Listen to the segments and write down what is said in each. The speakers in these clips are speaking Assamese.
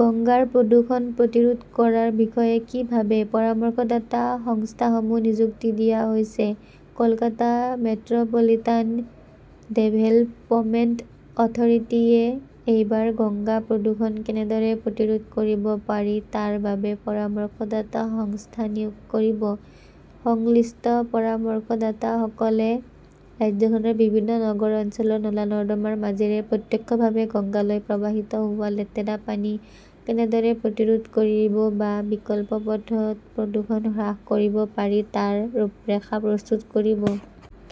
গংগাৰ প্ৰদূষণ প্ৰতিৰোধ কৰাৰ বিষয়ে কি ভাবে, পৰামৰ্শদাতা সংস্থাসমূহ নিযুক্তি দিয়া হৈছে Kolkata 'metropolitan development authority য়ে এইবাৰ গংগা প্ৰদূষণ কেনেদৰে প্ৰতিৰোধ কৰিব পাৰি তাৰ বাবে পৰামৰ্শদাতা সংস্থা নিয়োগ কৰিব। সংশ্লিষ্ট পৰামৰ্শদাতাসকলে ৰাজ্যখনৰ বিভিন্ন নগৰ অঞ্চলৰ নলা-নৰ্দমাৰ মাজেৰে প্ৰত্যক্ষভাৱে গংগালৈ প্ৰবাহিত হোৱা লেতেৰা পানী কেনেদৰে প্ৰতিৰোধ কৰিব বা বিকল্প পথত প্ৰদূষণ হ্ৰাস কৰিব পাৰি তাৰ ৰূপৰেখা প্ৰস্তুত কৰিব।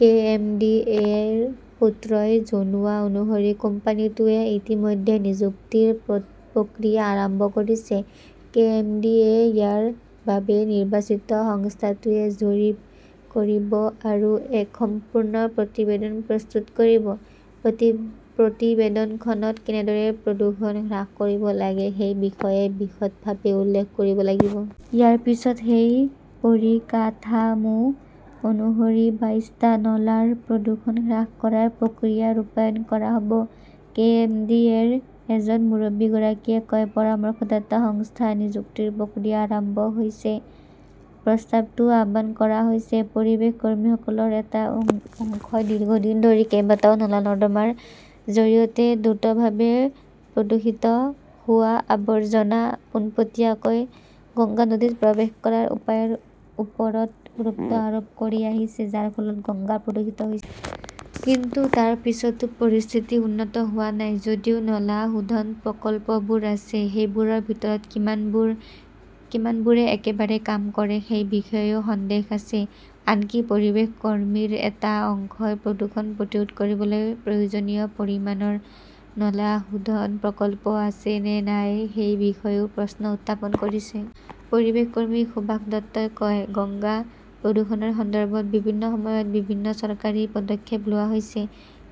কে. এম. ডি. এ. -ৰ সূত্ৰই জনোৱা অনুসৰি কোম্পানীটোৱে ইতিমধ্যে নিযুক্তিৰ প্ৰক্ৰিয়া আৰম্ভ কৰিছে। কে. এম. ডি. এ. ইয়াৰ বাবে নিৰ্বাচিত সংস্থাটোৱে জৰীপ কৰিব আৰু এক সম্পূৰ্ণ প্ৰতিবেদন প্ৰস্তুত কৰিব। প্ৰতিবেদনখনত কেনেদৰে প্ৰদূষণ হ্ৰাস কৰিব লাগে সেই বিষয়ে বিশদভাৱে উল্লেখ কৰিব লাগিব। ইয়াৰ পিছত সেই পৰিকাঠামো অনুসৰি বাইশটা নলাৰ প্ৰদূষণ হ্ৰাস কৰাৰ প্ৰক্ৰিয়া ৰূপায়ণ কৰা হ'ব। কে. এম. ডি. এ. -ৰ এজন মুৰব্বীগৰাকীয়ে কয়, পৰামৰ্শদাতা সংস্থা নিযুক্তিৰ প্ৰক্ৰিয়া আৰম্ভ হৈছে। প্ৰস্তাৱটোও আহ্বান কৰা হৈছে। পৰিৱেশ কৰ্মীসকলৰ এটা অংশই দীৰ্ঘদিন ধৰি কেইবাটাও নলা-নৰ্দমাৰ জৰিয়তে দ্ৰুতভাৱে প্ৰদূষিত হোৱা আৱৰ্জনা পোনপটীয়াকৈ গংগা নদীত প্ৰৱেশ কৰাৰ উপায়ৰ ওপৰত গুৰুত্ব আৰোপ কৰি আহিছে, যাৰ ফলত গংগা প্ৰদূষিত হৈছে। কিন্তু তাৰ পিছতো পৰিস্থিতি উন্নত হোৱা নাই। যদিও নলা শোধন প্ৰকল্পবোৰ আছে, সেইবোৰৰ ভিতৰত কিমানবোৰে একেবাৰে কাম কৰে সেই বিষয়েও সন্দেহ আছে। আনকি পৰিৱেশ কৰ্মীৰ এটা অংশই প্ৰদূষণ প্ৰতিৰোধ কৰিবলৈ প্ৰয়োজনীয় পৰিমাণৰ নলা শোধন প্ৰকল্প আছে নে নাই সেই বিষয়েও প্ৰশ্ন উত্থাপন কৰিছে। পৰিৱেশ কৰ্মী সুভাষ দত্তই কয়, গংগা প্ৰদূষণৰ সন্দৰ্ভত বিভিন্ন সময়ত বিভিন্ন চৰকাৰী পদক্ষেপ লোৱা হৈছে।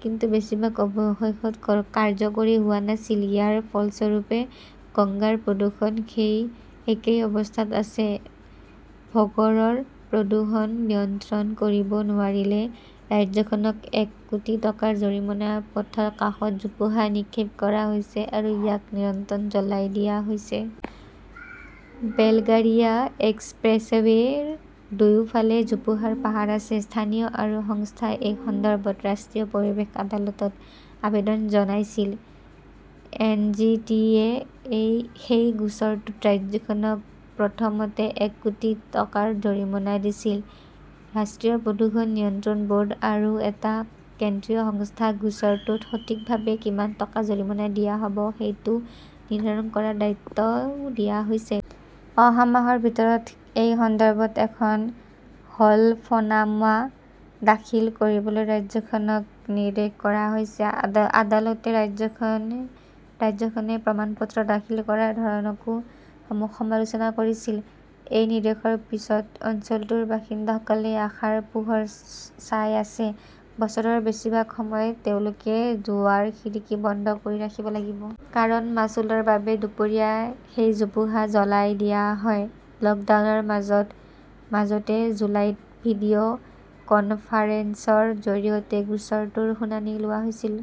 কিন্তু বেছিভাগ অৱশেষত কাৰ্যকৰী হোৱা নাছিল। ইয়াৰ ফলস্বৰূপে, গংগাৰ প্ৰদূষণ সেই একেই অৱস্থাত আছে। ভগড়ৰ প্ৰদূষণ নিয়ন্ত্ৰণ কৰিব নোৱাৰিলে, ৰাজ্যখনে এক কোটি টকাৰ জৰিমনা পথৰ কাষত জোপোহা নিক্ষেপ কৰা হৈছে আৰু ইয়াক নিৰন্তৰ জ্বলাই দিয়া হৈছে। বেলগাৰিয়া এক্সপ্ৰেছৱে 'ৰ দুয়োফালে জোপোহাৰ পাহাৰ আছে। স্থানীয় এটা সংস্থাই এই সন্দৰ্ভত ৰাষ্ট্ৰীয় পৰিৱেশ আদালতত আবেদন জনাইছিল। এন. জি. টি. -য়ে সেই গোচৰটোত ৰাজ্যখনক প্ৰথমতে এক কোটি টকাৰ জৰিমনা দিছিল। ৰাষ্ট্ৰীয় প্ৰদূষণ নিয়ন্ত্ৰণ বৰ্ড আৰু এটা কেন্দ্ৰীয় সংস্থাক গোচৰটোত সঠিকভাৱে কিমান টকা জৰিমনা দিয়া হব সেইটো নিৰ্ধাৰণ কৰাৰ দায়িত্বও দিয়া হৈছে। অহা মাহৰ ভিতৰত এই সন্দৰ্ভত এখন হলফনামা দাখিল কৰিবলৈ ৰাজ্যখনক নিৰ্দেশ দিয়া হৈছে। আদালতে ৰাজ্যখনে প্ৰমাণপত্ৰ দাখিল কৰাৰ ধৰণকো সমালোচনা কৰিছিল। এই নিৰ্দেশৰ পিছত অঞ্চলটোৰ বাসিন্দাসকলে আশাৰ পোহৰ চাই আছে। বছৰৰ বেছিভাগ সময় তেওঁলোকে দুৱাৰ-খিৰিকী বন্ধ কৰি ৰাখিব লাগিব। কাৰণ, মাচুলৰ বাবে দুপৰীয়া সেই জোপোহা জ্বলাই দিয়া হয়। লকডাউনৰ মাজতে জুলাইত ভিডিঅ 'কনফাৰেন্সৰ জৰিয়তে গোচৰটোৰ শুনানি লোৱা হৈছিল।